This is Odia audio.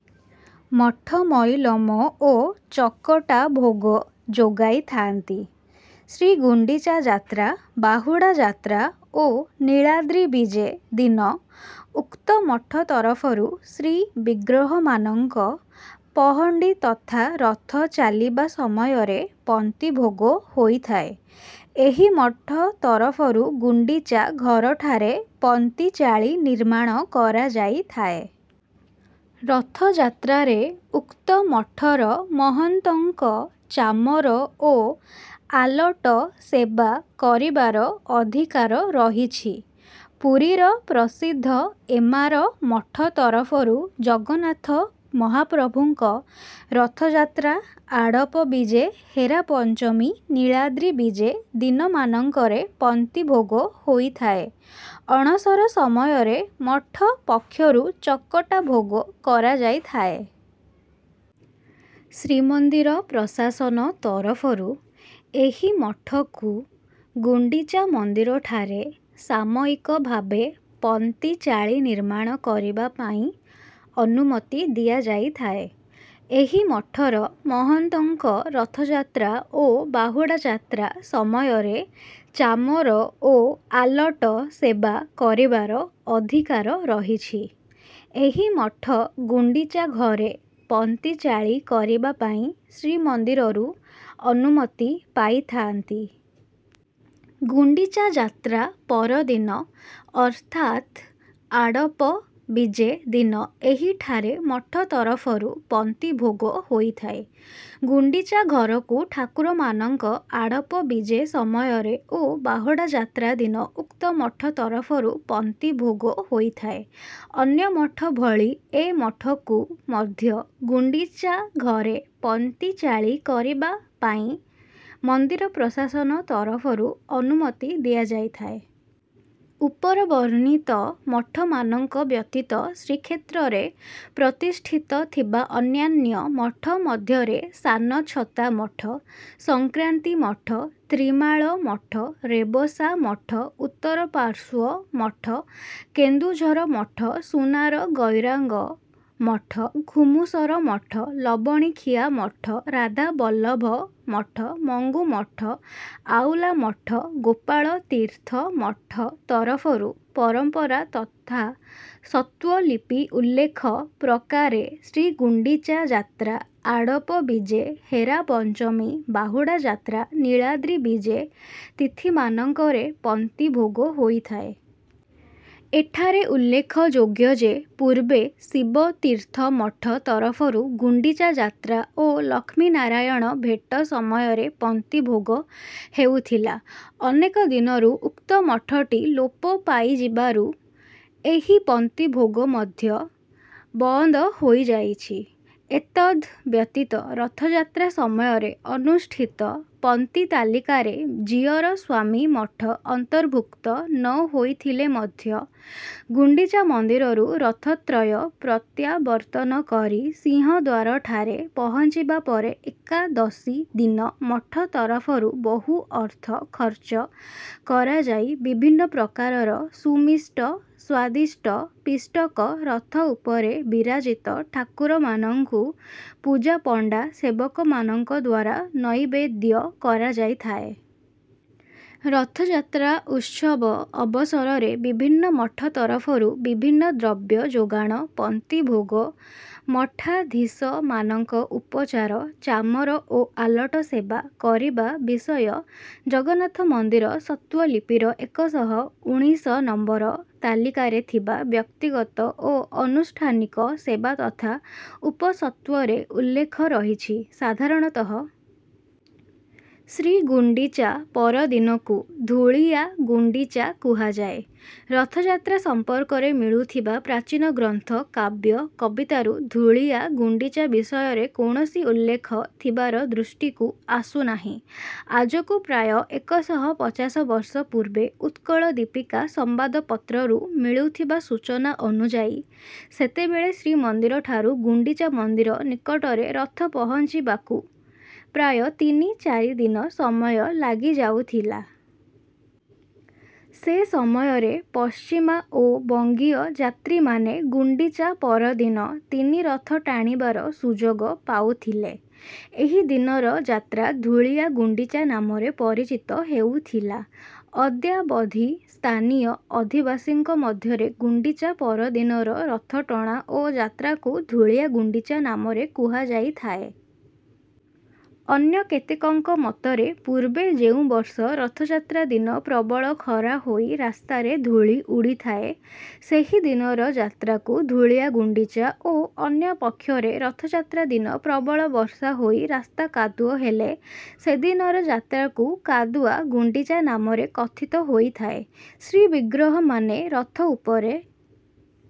ମଠ ମଇଲମ ଓ ଚକଟା ଭୋଗ ଯୋଗାଇଥାନ୍ତି। ଶ୍ରୀଗୁଣ୍ଡିଚା ଯାତ୍ରା, ବାହୁଡ଼ା ଯାତ୍ରା ଓ ନୀଳାଦ୍ରି ବିଜେ ଦିନ ଉକ୍ତ ମଠ ତରଫରୁ ଶ୍ରୀବିଗ୍ରହମାନଙ୍କ ପହଣ୍ଡି ତଥା ରଥ ଚାଲିବା ସମୟରେ ପନ୍ତି ଭୋଗ ହୋଇଥାଏ। ଏହି ମଠ ତରଫରୁ ଗୁଣ୍ଡିଚା ଘରଠାରେ ପନ୍ତି ଚାଳି ନିର୍ମାଣ କରାଯାଇଥାଏ। ରଥଯାତ୍ରାରେ ଉକ୍ତ ମଠର ମହନ୍ତଙ୍କ ଚାମର ଓ ଆଲଟ ସେବା କରିବାର ଅଧିକାର ରହିଛି। ପୁରୀର ପ୍ରସିଦ୍ଧ ଏମାର ମଠ ତରଫରୁ ଜଗନ୍ନାଥ ମହାପ୍ରଭୁଙ୍କ ରଥଯାତ୍ରା, ଆଡ଼ପ ବିଜେ, ହେରା ପଞ୍ଚମୀ, ନୀଳାଦ୍ରି ବିଜେ ଦିନମାନଙ୍କରେ ପନ୍ତି ଭୋଗ ହୋଇଥାଏ। ଅଣସର ସମୟରେ ମଠ ପକ୍ଷରୁ ଚକଟା ଭୋଗ କରାଯାଇଥାଏ। ଶ୍ରୀମନ୍ଦିର ପ୍ରଶାସନ ତରଫରୁ ଏହି ମଠକୁ ଗୁଣ୍ଡିଚା ମନ୍ଦିରଠାରେ ସାମୟିକ ଭାବେ ପନ୍ତି ଚାଳି ନିର୍ମାଣ କରିବା ପାଇଁ ଅନୁମତି ଦିଆଯାଇଥାଏ। ଏହି ମଠର ମହନ୍ତଙ୍କ ରଥଯାତ୍ରା ଓ ବାହୁଡ଼ା ଯାତ୍ରା ସମୟରେ ଚାମର ଓ ଆଲଟ ସେବା କରିବାର ଅଧିକାର ରହିଛି। ଏହି ମଠ ଗୁଣ୍ଡିଚା ଘରେ ପନ୍ତି ଚାଳି କରିବା ପାଇଁ ଶ୍ରୀମନ୍ଦିରରୁ ଅନୁମତି ପାଇଥାନ୍ତି। ଗୁଣ୍ଡିଚା ଯାତ୍ରା ପରଦିନ ଅର୍ଥାତ ଆଡ଼ପ ବିଜେ ଦିନ ଏହିଠାରେ ମଠ ତରଫରୁ ପନ୍ତି ଭୋଗ ହୋଇଥାଏ। ଗୁଣ୍ଡିଚା ଘରକୁ ଠାକୁରମାନଙ୍କ ଆଡ଼ପ ବିଜେ ସମୟରେ ଓ ବାହୁଡ଼ା ଯାତ୍ରା ଦିନ ଉକ୍ତ ମଠ ତରଫରୁ ପନ୍ତି ଭୋଗ ହୋଇଥାଏ। ଅନ୍ୟ ମଠ ଭଳି ଏ ମଠକୁ ମଧ୍ୟ ଗୁଣ୍ଡିଚା ଘରେ ପନ୍ତି ଚାଳି କରିବା ପାଇଁ ମନ୍ଦିର ପ୍ରଶାସନ ତରଫରୁ ଅନୁମତି ଦିଆଯାଇଥାଏ। ଉପରବର୍ଣ୍ଣିତ ମଠମାନଙ୍କ ବ୍ୟତୀତ ଶ୍ରୀକ୍ଷେତ୍ରରେ ପ୍ରତିଷ୍ଠିତ ଥିବା ଅନ୍ୟାନ୍ୟ ମଠ ମଧ୍ୟରେ ସାନଛତା ମଠ, ସଂକ୍ରାନ୍ତି ମଠ, ତ୍ରିମାଳ ମଠ, ରେବସା ମଠ, ଉତ୍ତରପାର୍ଶ୍ୱ ମଠ, କେନ୍ଦୁଝର ମଠ, ସୁନାର ଗୌରାଙ୍ଗ ମଠ, ଘୁମୁସର ମଠ, ଲବଣିଖିଆ ମଠ, ରାଧାବଲ୍ଲଭ ମଠ, ମଙ୍ଗୁ ମଠ, ଆଉଲା ମଠ, ଗୋପାଳ ତୀର୍ଥ ମଠ ତରଫରୁ ପରମ୍ପରା ତଥା ସ୍ୱତ୍ତ୍ୱଲିପି ଉଲ୍ଲେଖ ପ୍ରକାରେ ଶ୍ରୀଗୁଣ୍ଡିଚା ଯାତ୍ରା, ଆଡ଼ପ ବିଜେ, ହେରା ପଞ୍ଚମୀ, ବାହୁଡ଼ା ଯାତ୍ରା, ନୀଳାଦ୍ରି ବିଜେ ତିଥିମାନଙ୍କରେ ପନ୍ତି ଭୋଗ ହୋଇଥାଏ। ଏଠାରେ ଉଲ୍ଲେଖଯୋଗ୍ୟ ଯେ, ପୂର୍ବେ ଶିବତୀର୍ଥ ମଠ ତରଫରୁ ଗୁଣ୍ଡିଚା ଯାତ୍ରା ଓ ଲକ୍ଷ୍ମୀନାରାୟଣ ଭେଟ ସମୟରେ ପନ୍ତି ଭୋଗ ହେଉଥିଲା। ଅନେକ ଦିନରୁ ଉକ୍ତ ମଠଟି ଲୋପ ପାଇଯିବାରୁ ଏହି ପନ୍ତି ଭୋଗ ମଧ୍ୟ ବନ୍ଦ ହୋଇଯାଇଛି। ଏତଦ୍ ବ୍ୟତୀତ ରଥଯାତ୍ରା ସମୟରେ ଅନୁଷ୍ଠିତ ପନ୍ତି ତାଲିକାରେ ଜିୟର ସ୍ୱାମୀ ମଠ ଅନ୍ତର୍ଭୁକ୍ତ ନ ହୋଇଥିଲେ ମଧ୍ୟ ଗୁଣ୍ଡିଚା ମନ୍ଦିରରୁ ରଥତ୍ରୟ ପ୍ରତ୍ୟାବର୍ତ୍ତନ କରି ସିଂହଦ୍ୱାରଠାରେ ପହଞ୍ଚିବା ପରେ ଏକାଦଶୀ ଦିନ ମଠ ତରଫରୁ ବହୁ ଅର୍ଥ ଖର୍ଚ୍ଚ କରାଯାଇ ବିଭିନ୍ନ ପ୍ରକାରର ସୁମିଷ୍ଟ, ସ୍ୱାଦିଷ୍ଟ ପିଷ୍ଟକ ରଥ ଉପରେ ବିରାଜିତ ଠାକୁରମାନଙ୍କୁ ପୂଜାପଣ୍ଡା ସେବକମାନଙ୍କ ଦ୍ୱାରା ନୈବେଦ୍ୟ କରାଯାଇଥାଏ। ରଥଯାତ୍ରା ଉତ୍ସବ ଅବସରରେ ବିଭିନ୍ନ ମଠ ତରଫରୁ ବିଭିନ୍ନ ଦ୍ରବ୍ୟ ଯୋଗାଣ, ପନ୍ତି ଭୋଗ, ମଠାଧୀଶମାନଙ୍କ ଉପଚାର, ଚାମର ଓ ଆଲଟ ସେବା କରିବା ବିଷୟ ଜଗନ୍ନାଥ ମନ୍ଦିର ସ୍ୱତ୍ତ୍ୱଲିପିର ଏକ ଶହ ଉଣିଷ ନମ୍ବର ତାଲିକାରେ ଥିବା ବ୍ୟକ୍ତିଗତ ଓ ଅନୁଷ୍ଠାନିକ ସେବା ତଥା ଉପସ୍ୱତ୍ତ୍ୱରେ ଉଲ୍ଲେଖ ରହିଛି। ସାଧାରଣତଃ ଶ୍ରୀଗୁଣ୍ଡିଚା ପର ଦିନକୁ ଧୂଳିଆ ଗୁଣ୍ଡିଚା କୁହାଯାଏ। ରଥଯାତ୍ରା ସମ୍ପର୍କରେ ମିଳୁଥିବା ପ୍ରାଚୀନ ଗ୍ରନ୍ଥ, କାବ୍ୟ, କବିତାରୁ ଧୂଳିଆ ଗୁଣ୍ଡିଚା ବିଷୟରେ କୌଣସି ଉଲ୍ଲେଖ ଥିବାର ଦୃଷ୍ଟିକୁ ଆସୁନାହିଁ। ଆଜକୁ ପ୍ରାୟ ଏକ ଶହ ପଚାଶ ବର୍ଷ ପୂର୍ବେ ଉତ୍କଳ ଦୀପିକା ସମ୍ବାଦପତ୍ରରୁ ମିଳୁଥିବା ସୂଚନା ଅନୁଯାୟୀ ସେତେବେଳେ ଶ୍ରୀମନ୍ଦିରଠାରୁ ଗୁଣ୍ଡିଚା ମନ୍ଦିର ନିକଟରେ ରଥ ପହଞ୍ଚିବାକୁ ପ୍ରାୟ ତିନି ଚାରି ଦିନ ସମୟ ଲାଗି ଯାଉଥିଲା। ସେ ସମୟରେ ପଶ୍ଚିମା ଓ ବଙ୍ଗୀୟ ଯାତ୍ରୀମାନେ ଗୁଣ୍ଡିଚା ପର ଦିନ ତିନି ରଥ ଟାଣିବାର ସୁଯୋଗ ପାଉଥିଲେ। ଏହି ଦିନର ଯାତ୍ରା ଧୂଳିଆ ଗୁଣ୍ଡିଚା ନାମରେ ପରିଚିତ ହେଉଥିଲା। ଅଦ୍ୟାବଧି ସ୍ଥାନୀୟ ଅଧିବାସୀଙ୍କ ମଧ୍ୟରେ ଗୁଣ୍ଡିଚା ପର ଦିନର ରଥଟଣା ଓ ଯାତ୍ରାକୁ ଧୂଳିଆ ଗୁଣ୍ଡିଚା ନାମରେ କୁହାଯାଇଥାଏ। ଅନ୍ୟ କେତେକଙ୍କ ମତରେ ପୂର୍ବେ ଯେଉଁ ବର୍ଷ ରଥଯାତ୍ରା ଦିନ ପ୍ରବଳ ଖରା ହୋଇ ରାସ୍ତାରେ ଧୂଳି ଉଡ଼ିଥାଏ, ସେହି ଦିନର ଯାତ୍ରାକୁ ଧୂଳିଆ ଗୁଣ୍ଡିଚା ଓ ଅନ୍ୟ ପକ୍ଷରେ ରଥଯାତ୍ରା ଦିନ ପ୍ରବଳ ବର୍ଷା ହୋଇ ରାସ୍ତା କାଦୁଅ ହେଲେ ସେଦିନର ଯାତ୍ରାକୁ କାଦୁଆ ଗୁଣ୍ଡିଚା ନାମରେ କଥିତ ହୋଇଥାଏ। ଶ୍ରୀବିଗ୍ରହମାନେ ରଥ ଉପରେ